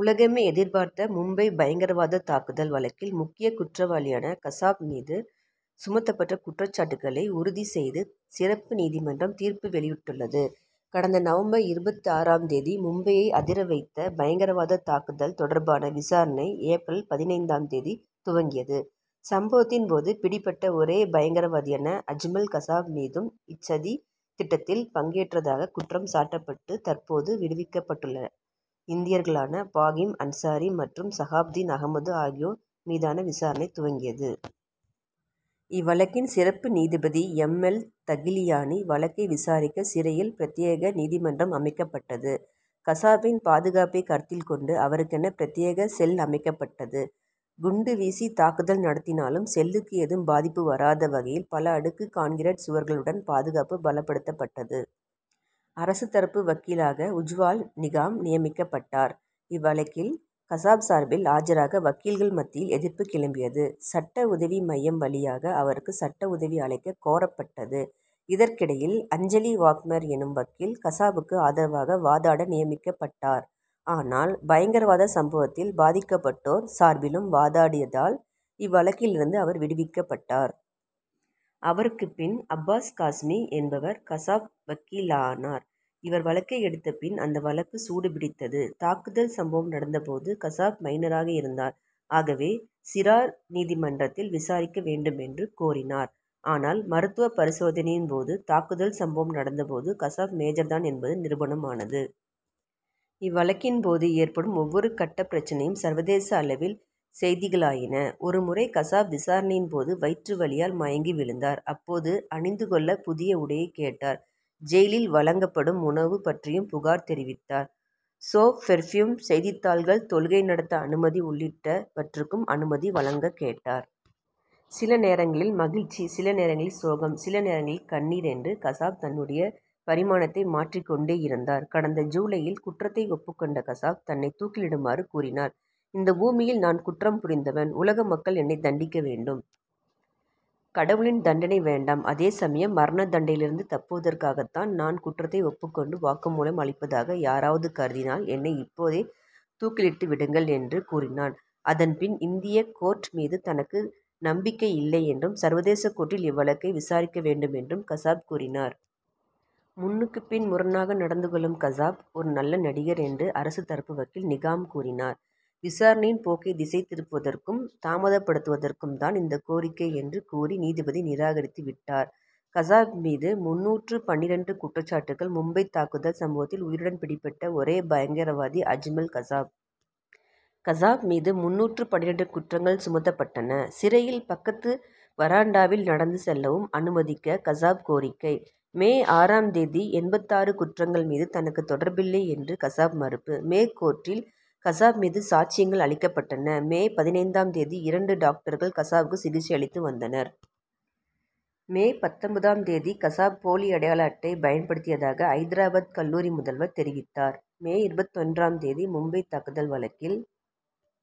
உலகமே எதிர்பார்த்த மும்பை பயங்கரவாத தாக்குதல் வழக்கில் முக்கிய குற்றவாளியான கசாப் மீது சுமத்தப்பட்ட குற்றச்சாட்டுகளை உறுதி செய்து சிறப்பு நீதிமன்றம் தீர்ப்பு வெளியிட்டுள்ளது. கடந்த நவம்பர் இருபத்தாறாம் தேதி மும்பையை அதிரவைத்த பயங்கரவாத தாக்குதல் தொடர்பான விசாரணை ஏப்ரல் பதினைந்தாம் தேதி துவங்கியது. சம்பவத்தின் போது பிடிபட்ட ஒரே பயங்கரவாதியான அஜ்மல் கசாப் மீதும் இச்சதி திட்டத்தில் பங்கேற்றதாக குற்றம்சாட்டப்பட்டு தற்போது விடுவிக்கப்பட்டுள்ள இந்தியர்களான பாகிம் அன்சாரி மற்றும் சகாபுதீன் அகமது ஆகியோர் மீதான விசாரணை துவங்கியது. இவ்வழக்கின் சிறப்பு நீதிபதி எம். எல். தகிலியானி வழக்கை விசாரிக்க சிறையில் பிரத்யேக நீதிமன்றம் அமைக்கப்பட்டது. கசாப்பின் பாதுகாப்பை கருத்தில் கொண்டு அவருக்கென பிரத்யேக செல் அமைக்கப்பட்டது. குண்டுவீசி தாக்குதல் நடத்தினாலும் செல்லுக்கு ஏதும் பாதிப்பு வராத வகையில் பல அடுக்கு கான்கிரீட் சுவர்களுடன் பாதுகாப்பு பலப்படுத்தப்பட்டது. அரசு தரப்பு வக்கீலாக உஜ்வால் நிகாம் நியமிக்கப்பட்டார். இவ்வழக்கில் கசாப் சார்பில் ஆஜராக வக்கீல்கள் மத்தியில் எதிர்ப்பு கிளம்பியது. சட்ட உதவி மையம் வழியாக அவருக்கு சட்ட உதவி அளிக்க கோரப்பட்டது. இதற்கிடையில் அஞ்சலி வாக்மர் எனும் வக்கீல் கசாப்புக்கு ஆதரவாக வாதாட நியமிக்கப்பட்டார். ஆனால் பயங்கரவாத சம்பவத்தில் பாதிக்கப்பட்டோர் சார்பிலும் வாதாடியதால் இவ்வழக்கிலிருந்து அவர் விடுவிக்கப்பட்டார். அவருக்கு பின் அப்பாஸ் காஸ்மி என்பவர் கசாப் வக்கீலானார். இவர் வழக்கை எடுத்த பின் அந்த வழக்கு சூடுபிடித்தது. தாக்குதல் சம்பவம் நடந்த போது கசாப் மைனராக இருந்தார். ஆகவே சிறார் நீதிமன்றத்தில் விசாரிக்க வேண்டும் என்று கோரினார். ஆனால் மருத்துவப் பரிசோதனையின் போது தாக்குதல் சம்பவம் நடந்த போது கசாப் மேஜர் தான் என்பது நிரூபணம் ஆனது. இவ்வழக்கின் போது ஏற்படும் ஒவ்வொரு கட்டப் பிரச்னையும் சர்வதேச அளவில் செய்திகளாயின. ஒரு முறை கசாப் விசாரணையின் போது வயிற்று வலியால் மயங்கி விழுந்தார். அப்போது அணிந்து கொள்ள புதிய உடையை கேட்டார். ஜெயிலில் வழங்கப்படும் உணவு பற்றியும் புகார் தெரிவித்தார். சோப் பெர்பியூம் செய்தித்தாள்கள் தொழுகை நடத்த அனுமதி உள்ளிட்டவற்றுக்கும் அனுமதி வழங்கக் கேட்டார். சில நேரங்களில் மகிழ்ச்சி சில நேரங்களில் சோகம் சில நேரங்களில் கண்ணீர் என்று கசாப் தன்னுடைய பரிமாணத்தை மாற்றிக் கொண்டே இருந்தார். கடந்த ஜூலையில் குற்றத்தை ஒப்புக் கொண்ட கசாப் தன்னை தூக்கிலிடுமாறு கூறினார். இந்த பூமியில் நான் குற்றம் புரிந்தவன். உலக மக்கள் என்னை தண்டிக்க வேண்டும். கடவுளின் தண்டனை வேண்டாம். அதே சமயம் மரண தண்டனையிலிருந்து தப்புவதற்காகத்தான் நான் குற்றத்தை ஒப்புக் கொண்டு வாக்குமூலம் அளிப்பதாக யாராவது கருதினால் என்னை இப்போதே தூக்கிலிட்டுவிடுங்கள் என்று கூறினார். அதன் பின் இந்திய கோர்ட் மீது தனக்கு நம்பிக்கை இல்லை என்றும் சர்வதேச கோர்ட்டில் இவ்வழக்கை விசாரிக்க வேண்டும் என்றும் கசாப் கூறினார். முன்னுக்குப்பின் முரணாக நடந்து கொள்ளும் கசாப் ஒரு நல்ல நடிகர் என்று அரசு தரப்பு வக்கீல் நிகாம் கூறினார். விசாரணையின் போக்கை திசை திருப்புவதற்கும் தாமதப்படுத்துவதற்கும்தான் இந்த கோரிக்கை என்று கூறி நீதிபதி நிராகரித்துவிட்டார். கசாப் மீது முந்நூற்று பன்னிரண்டு குற்றச்சாட்டுகள் மும்பைத் தாக்குதல் சம்பவத்தில் உயிருடன் பிடிபட்ட ஒரே பயங்கரவாதி அஜ்மல் கசாப். கசாப் மீது முந்நூற்று பன்னிரண்டு குற்றங்கள் சுமத்தப்பட்டன. சிறையில் பக்கத்து வராண்டாவில் நடந்து செல்லவும் அனுமதிக்க கசாப் கோரிக்கை. மே ஆறாம் தேதி எண்பத்தாறு குற்றங்கள் மீது தனக்கு தொடர்பில்லை என்று கசாப் மறுப்பு. மே கோர்ட்டில் கசாப் மீது சாட்சியங்கள் அளிக்கப்பட்டன. மே பதினைந்தாம் தேதி இரண்டு டாக்டர்கள் கசாப்புக்கு சிகிச்சை அளித்து வந்தனர். மே பத்தொன்பதாம் தேதி கசாப் போலி அடையாள அட்டை பயன்படுத்தியதாக ஐதராபாத் கல்லூரி முதல்வர் தெரிவித்தார். மே இருபத்தொன்றாம் தேதி மும்பைத் தாக்குதல் வழக்கில்.